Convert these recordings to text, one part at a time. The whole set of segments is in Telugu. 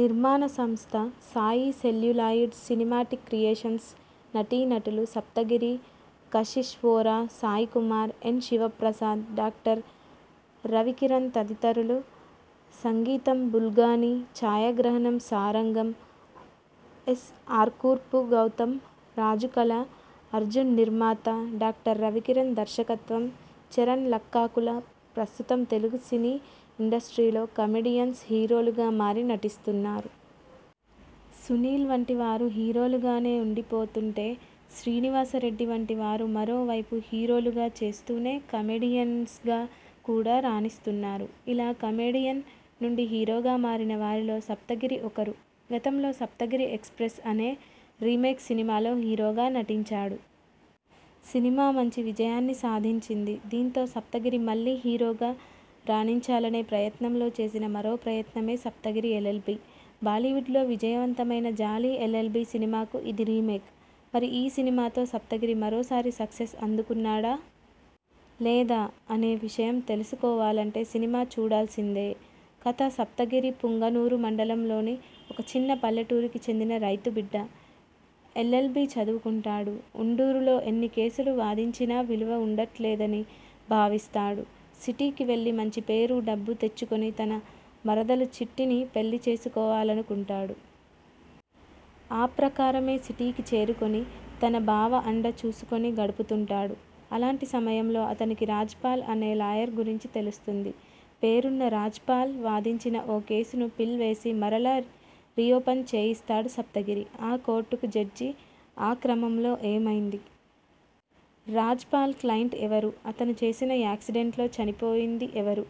నిర్మాణ సంస్థ Sai celluloid cinematic creations నటీ నటులు సప్తగిరి, కశిష్ వోరా, సాయి కుమార్, ఎన్. శివప్రసాద్, డా. రవి కిరణ్ తదితరులు సంగీతం బుల్గాని ఛాయాగ్రహణం సారంగం ఎస్. ఆర్కూర్పు గౌతం రాజుకళ అర్జున్నిర్మాత డా. రవికిరణ్ ధర్శకత్వం చరణ్ లక్కాకుల ప్రస్తుతం తెలుగు సినీ ఇండస్ట్రీలో కమెడియన్స్ హీరోలుగా మారి నటిస్తున్నారు. సునీల్ వంటి వారు హీరోలు గానే ఉండి పోతుంటే, శ్రీనివాస రెడ్డి వంటి వారు మరో వైపు హీరోలుగా చేస్తూనే కమెడియన్స్గా కూడా రాణిస్తున్నారు. ఇలా కమెడియన్ నుండి హీరోగా మారిన వారిలో సప్తగిరి ఒకరు. గతంలో సప్తగిరి ఎక్స్ప్రెస్ అనే రీమేక్ సినిమాలో హీరోగా నటించాడు. సినిమా మంచి విజయాన్ని సాధించింది. దీంతో సప్తగిరి మళ్లీ హీరోగా రాణించాలనే ప్రయత్నంలో చేసిన మరో ప్రయత్నమే సప్తగిరి ఎల్. ఎల్. బి. బాలీవుడ్లో విజయవంతమైన జాలీ ఎల్. ఎల్. బి సినిమాకు ఇది రీమేక్. మరి ఈ సినిమాతో సప్తగిరి మరోసారి సక్సెస్ అందుకున్నాడా? లేదా? అనే విషయం తెలుసు కోవాలంటే సినిమా చూడాల్సిందే. కథ సప్తగిరి పుంగనూరు మండలంలోని ఒక చిన్న పల్లెటూరికి చెందిన రైతు బిడ్డ. ఎల్ ఎల్ బీ చదువుకుంటాడు. ఉండూరులో ఎన్ని కేసులు వాదించినా విలువ ఉండట్లేదని భావిస్తాడు. సిటీకి వెళ్లి మంచి పేరు, డబ్బు తెచ్చుకుని తన మరదలు చిట్టి ని పెళ్లి చేసుకోవాలనుకుంటాడు. ఆ ప్రకారమే సిటీకి చేరుకుని తన బావ అండ చూసుకుని గడుపుతుంటాడు. అలాంటి సమయంలో అతనికి రాజ్ పాల్ అనే లాయర్ గురించి తెలుస్తుంది. పేరున్న రాజ్పాల్ వాదించిన ఓ కేసును పిల్ వేసి మరలా రియోపన్ చేయిస్తాడు సప్తగిరి. ఆ కోర్టుకు జడ్జి. ఆ క్రమంలో ఏమైంది? రాజ్పాల్ క్లైంట్ ఎవరు? అతను చేసిన యాక్సిడెంట్లో చనిపోయింది ఎవరు?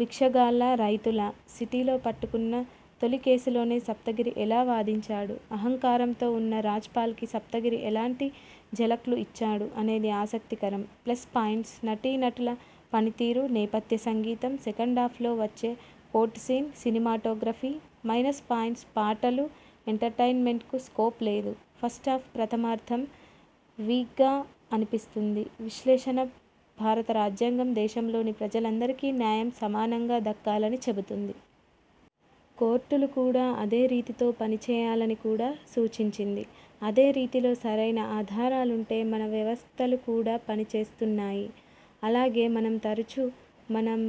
భిక్షగాళ్లా? రైతులా? సిటీలో పట్టుకున్న తొలి కేసులోనే సప్తగిరి ఎలా వాదించాడు? అహంకారంతో ఉన్న రాజ్పాల్కి సప్తగిరి ఎలాంటి ఝలక్లు ఇచ్చాడు? అనేది ఆసక్తి కరం. ప్లస్ పాయింట్స్, నటీ నటుల పనితీరు, నేపథ్య సంగీతం, సెకండాఫ్లో వచ్చే court scene, cinematography minus points పాటలు, ఎంటర్టైన్మెంట్ కు స్కోప్ లేదు, ఫస్టాఫ్ ప్రథమార్థం వీక్గా అనిపిస్తుంది విశ్లేషణ భారత రాజ్యాంగం దేశంలోని ప్రజలందరికీ న్యాయం సమానంగా దక్కాలని చెబుతుంది. కోర్టులు కూడా అదే రీతితో పని చేయాలని కూడా సూచించింది. అదే రీతిలో సరైన ఆధారాలుంటే మన వ్యవస్థలు కూడా పని చేస్తున్నాయి. అలాగే మనం తరుచు మనం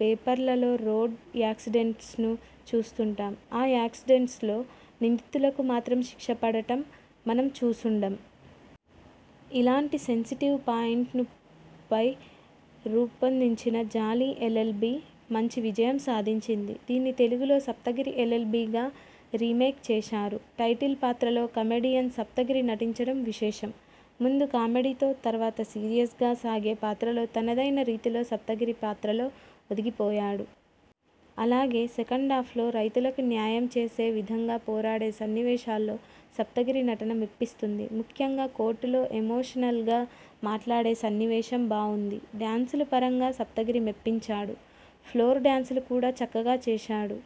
పేపర్లలో రోడ్ యాక్సిడెంట్స్ను చూస్తుంటాం. ఆ యాక్సిడెంట్స్లో నిందితులకు మాత్రం శిక్ష పడటం మనం చూసుండం. ఇలాంటి సెన్సిటివ్ పాయింట్ను పై రూపొందిన జాలీ ఎల్. ఎల్. బి మంచి విజయం సాధించింది. దీన్ని తెలుగులో సప్తగిరి ఎల్. ఎల్. బిగా రీమేక్ చేశారు. టైటిల్ పాత్రలో కమెడియన్ సప్తగిరి నటించడం విశేషం. ముందు కామెడీతో తర్వాత సీరియస్గా సాగే పాత్రలో తనదైన రీతిలో సప్తగిరి పాత్రలో ఒదిగి పోయాడు. అలాగే సెకండాఫ్లో రైతులకు న్యాయం చేసే విధంగా పోరాడే సన్నివేశాల్లో సప్తగిరి నటన మెప్పిస్తుంది. ముఖ్యంగా కోర్టులో ఎమోషనల్గా మాట్లాడే సన్నివేశం బావుంది. డ్యాన్సులు పరంగా సప్తగిరి మెప్పించాడు. ఫ్లోర్ డ్యాన్సులు కూడా చక్కగా చేశాడు.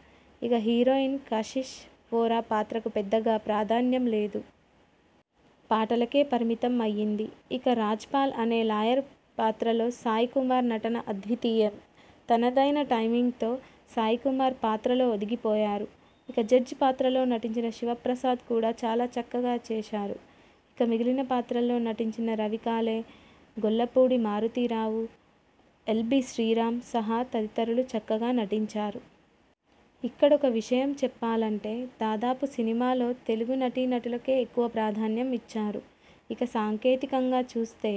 ఇక హీరోయిన్ కశిష్ వోరా పాత్రకు పెద్దగా ప్రాధాన్యం లేదు. పాటలకే పరిమితం అయ్యింది. ఇక రాజ్పాల్ అనే లాయర్ పాత్రలో సాయి కుమార్ నటన అద్వితీయం. తనదైన టైమింగ్తో సాయి కుమార్ పాత్రలో ఒదిగి పోయారు. ఇక జడ్జ్ పాత్రలో నటించిన శివప్రసాద్ కూడా చాలా చక్కగా చేశారు. ఇక మిగిలిన పాత్రల్లో నటించిన రవికాలే, గొల్లపూడి మారుతీ రావు, ఎల్బీ శ్రీరాం సహా తదితరులు చక్కగా నటించారు. ఇక్కడొక విషయం చెప్పాలంటే, దాదాపు సినిమాలో తెలుగు నటీ నటులకే ఎక్కువ ప్రాధానం ఇచ్చారు. ఇక సాంకేతికంగా చూస్తే.